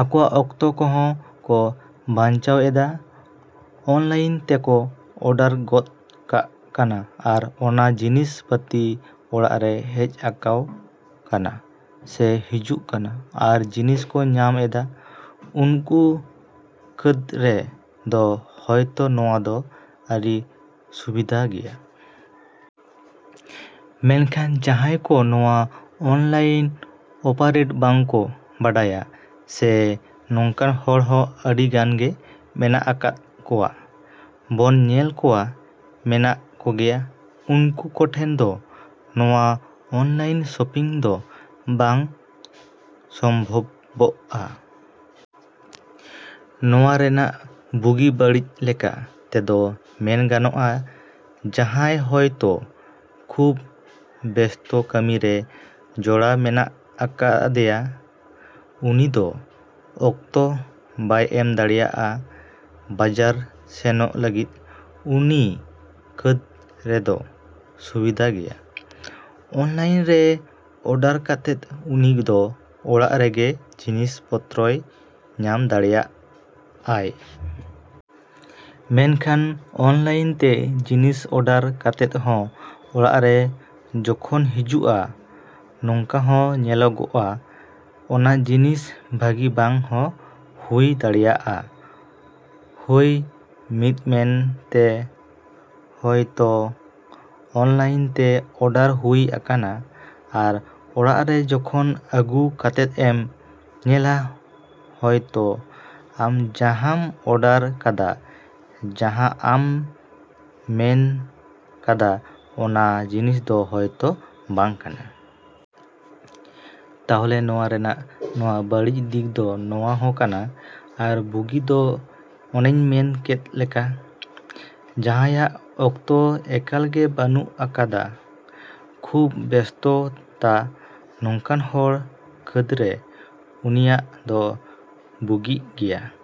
ᱟᱠᱚᱣᱟᱜ ᱚᱠᱛᱚ ᱠᱚᱦᱚᱸ ᱠᱚ ᱵᱟᱸᱧᱪᱟᱣ ᱮᱫᱟ᱾ ᱚᱱᱞᱟᱭᱤᱱ ᱛᱮᱠᱚ ᱚᱰᱟᱨ ᱜᱚᱫ ᱠᱟᱜ ᱠᱟᱱᱟ ᱟᱨ ᱚᱱᱟ ᱡᱤᱱᱤᱥ ᱯᱟᱛᱤ ᱚᱲᱟᱜ ᱨᱮ ᱦᱮᱡ ᱟᱠᱚ ᱠᱟᱱᱟ ᱥᱮ ᱦᱤᱡᱩᱜ ᱠᱟᱱᱟ᱾ ᱟᱨ ᱡᱤᱱᱤᱥ ᱠᱚ ᱧᱟᱢ ᱮᱫᱟ ᱩᱱᱠᱩ ᱠᱷᱟᱹᱫᱽ ᱨᱮ ᱫᱚ ᱦᱳᱭᱛᱚ ᱱᱚᱣᱟ ᱫᱚ ᱟᱹᱰᱤ ᱥᱩᱵᱤᱫᱷᱟ ᱜᱮᱭᱟ᱾ ᱢᱮᱱᱠᱷᱟᱱ ᱡᱟᱦᱟᱸᱭ ᱠᱚ ᱱᱚᱣᱟ ᱚᱱᱞᱟᱭᱤᱱ ᱚᱯᱟᱨᱮᱴ ᱵᱟᱝ ᱠᱚ ᱵᱟᱰᱟᱭᱟ ᱥᱮ ᱱᱚᱝᱠᱟᱱ ᱦᱚᱲ ᱦᱚᱸ ᱟᱹᱰᱤ ᱜᱟᱱ ᱜᱮ ᱢᱮᱱᱟᱜ ᱟᱠᱟᱫ ᱠᱚᱣᱟ᱾ ᱵᱚᱱ ᱧᱮᱞ ᱠᱚᱣᱟ ᱢᱮᱱᱟᱜ ᱠᱚᱜᱮᱭᱟ ᱩᱱᱠᱩ ᱠᱚᱴᱷᱮᱱ ᱫᱚ ᱱᱚᱣᱟ ᱚᱱᱞᱟᱭᱤᱱ ᱥᱚᱯᱤᱝ ᱫᱚ ᱵᱟᱝ ᱥᱚᱢᱵᱷᱚᱵᱚᱜᱼᱟ᱾ ᱱᱚᱣᱟ ᱨᱮᱱᱟᱜ ᱵᱩᱜᱤ ᱵᱟᱹᱲᱤᱡ ᱞᱮᱠᱟ ᱛᱮᱫᱚ ᱢᱮᱱ ᱜᱟᱱᱚᱜᱼᱟ ᱡᱟᱦᱟᱸᱭ ᱦᱳᱭᱛᱚ ᱠᱷᱩᱵ ᱵᱮᱥᱛᱚ ᱠᱟᱹᱢᱤ ᱨᱮ ᱡᱚᱲᱟᱣ ᱢᱮᱱᱟᱜ ᱟᱠᱟᱫᱮᱭᱟ ᱩᱱᱤ ᱫᱚ ᱚᱠᱛᱚ ᱵᱟᱭ ᱮᱢ ᱫᱟᱲᱮᱭᱟᱜᱼᱟ ᱵᱟᱡᱟᱨ ᱥᱮᱱᱚᱜ ᱞᱟᱹᱜᱤᱫ ᱩᱱᱤ ᱠᱷᱟᱹᱫᱽ ᱨᱮᱫᱚ ᱥᱩᱵᱤᱫᱷᱟ ᱜᱮᱭᱟ᱾ ᱚᱱᱞᱟᱭᱤᱱ ᱨᱮ ᱚᱰᱟᱨ ᱠᱟᱛᱮᱫ ᱩᱱᱤ ᱫᱚ ᱚᱲᱟᱜ ᱨᱮᱜᱮ ᱡᱤᱱᱤᱥ ᱯᱚᱛᱨᱚᱭ ᱧᱟᱢ ᱫᱟᱲᱮᱭᱟᱜᱼᱟᱭ᱾ ᱢᱮᱱ ᱠᱷᱟᱱ ᱚᱱᱞᱟᱭᱤᱱ ᱛᱮ ᱡᱤᱱᱤᱥ ᱚᱰᱟᱨ ᱠᱟᱛᱮᱫ ᱦᱚᱸ ᱚᱲᱟᱜ ᱨᱮ ᱡᱚᱠᱷᱚᱱ ᱦᱤᱡᱩᱜᱼᱟ ᱱᱚᱝᱠᱟ ᱦᱚᱸ ᱧᱮᱞᱚᱜᱚᱜᱼᱟ ᱚᱱᱟ ᱡᱤᱱᱤᱥ ᱵᱷᱟᱹᱜᱤ ᱵᱟᱝ ᱦᱚᱸ ᱦᱩᱭ ᱫᱟᱲᱮᱭᱟᱜᱼᱟ ᱦᱳᱭ ᱢᱤᱫ ᱢᱮᱱ ᱛᱮ ᱦᱳᱭ ᱛᱚ ᱚᱱᱞᱟᱭᱤᱱ ᱛᱮ ᱚᱰᱟᱨ ᱦᱩᱭ ᱟᱠᱟᱱᱟ ᱟᱨ ᱚᱲᱟᱜ ᱨᱮ ᱡᱚᱠᱷᱚᱱ ᱟᱜᱩ ᱠᱟᱛᱮᱫ ᱮᱢ ᱧᱮᱞᱟ ᱦᱳᱭ ᱛᱚ ᱟᱢ ᱡᱟᱦᱟᱸᱢ ᱚᱰᱟᱨ ᱠᱟᱫᱟ ᱡᱟᱦᱟᱸ ᱟᱢ ᱢᱮᱱ ᱠᱟᱫᱟ ᱚᱱᱟ ᱡᱤᱱᱤᱥ ᱫᱚ ᱦᱳᱭ ᱛᱚ ᱵᱟᱝ ᱠᱟᱱᱟ᱾ ᱛᱟᱞᱦᱮ ᱱᱚᱣᱟ ᱨᱮᱱᱟᱜ ᱱᱚᱣᱟ ᱵᱟᱹᱲᱤᱡ ᱫᱤᱠ ᱫᱚ ᱱᱚᱣᱟ ᱦᱚᱸ ᱠᱟᱱᱟ᱾ ᱟᱨ ᱵᱩᱜᱤ ᱫᱚ ᱚᱱᱮᱧ ᱢᱮᱱ ᱠᱮᱫ ᱞᱮᱠᱟ᱾ ᱡᱟᱦᱟᱸᱭᱟᱜ ᱚᱠᱛᱚ ᱮᱠᱟᱞ ᱜᱮ ᱵᱟᱹᱱᱩᱜ ᱟᱠᱟᱫᱟ ᱠᱷᱩᱵ ᱵᱮᱥᱛᱚ ᱛᱟ ᱱᱚᱝᱠᱟᱱ ᱦᱚᱲ ᱠᱷᱟᱹᱫᱽ ᱨᱮ ᱩᱱᱤᱭᱟᱜ ᱫᱚ ᱵᱩᱜᱤᱜ ᱜᱮᱭᱟ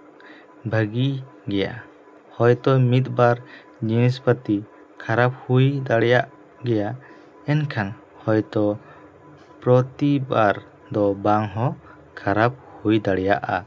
ᱵᱷᱟᱹᱜᱤ ᱜᱮᱭᱟ ᱦᱳᱭ ᱛᱚ ᱢᱤᱫ ᱵᱟᱨ ᱡᱤᱱᱤᱥ ᱯᱟᱛᱤ ᱠᱷᱟᱨᱟᱯ ᱦᱩᱭ ᱫᱟᱲᱮᱭᱟᱜ ᱜᱮᱭᱟ ᱮᱱᱠᱷᱟᱱ ᱦᱳᱭᱛᱚ ᱯᱨᱚᱛᱤᱵᱟᱨ ᱫᱚ ᱵᱟᱝ ᱦᱚᱸ ᱠᱷᱟᱨᱟᱯ ᱦᱩᱭ ᱫᱟᱲᱮᱭᱟᱜᱼᱟ᱾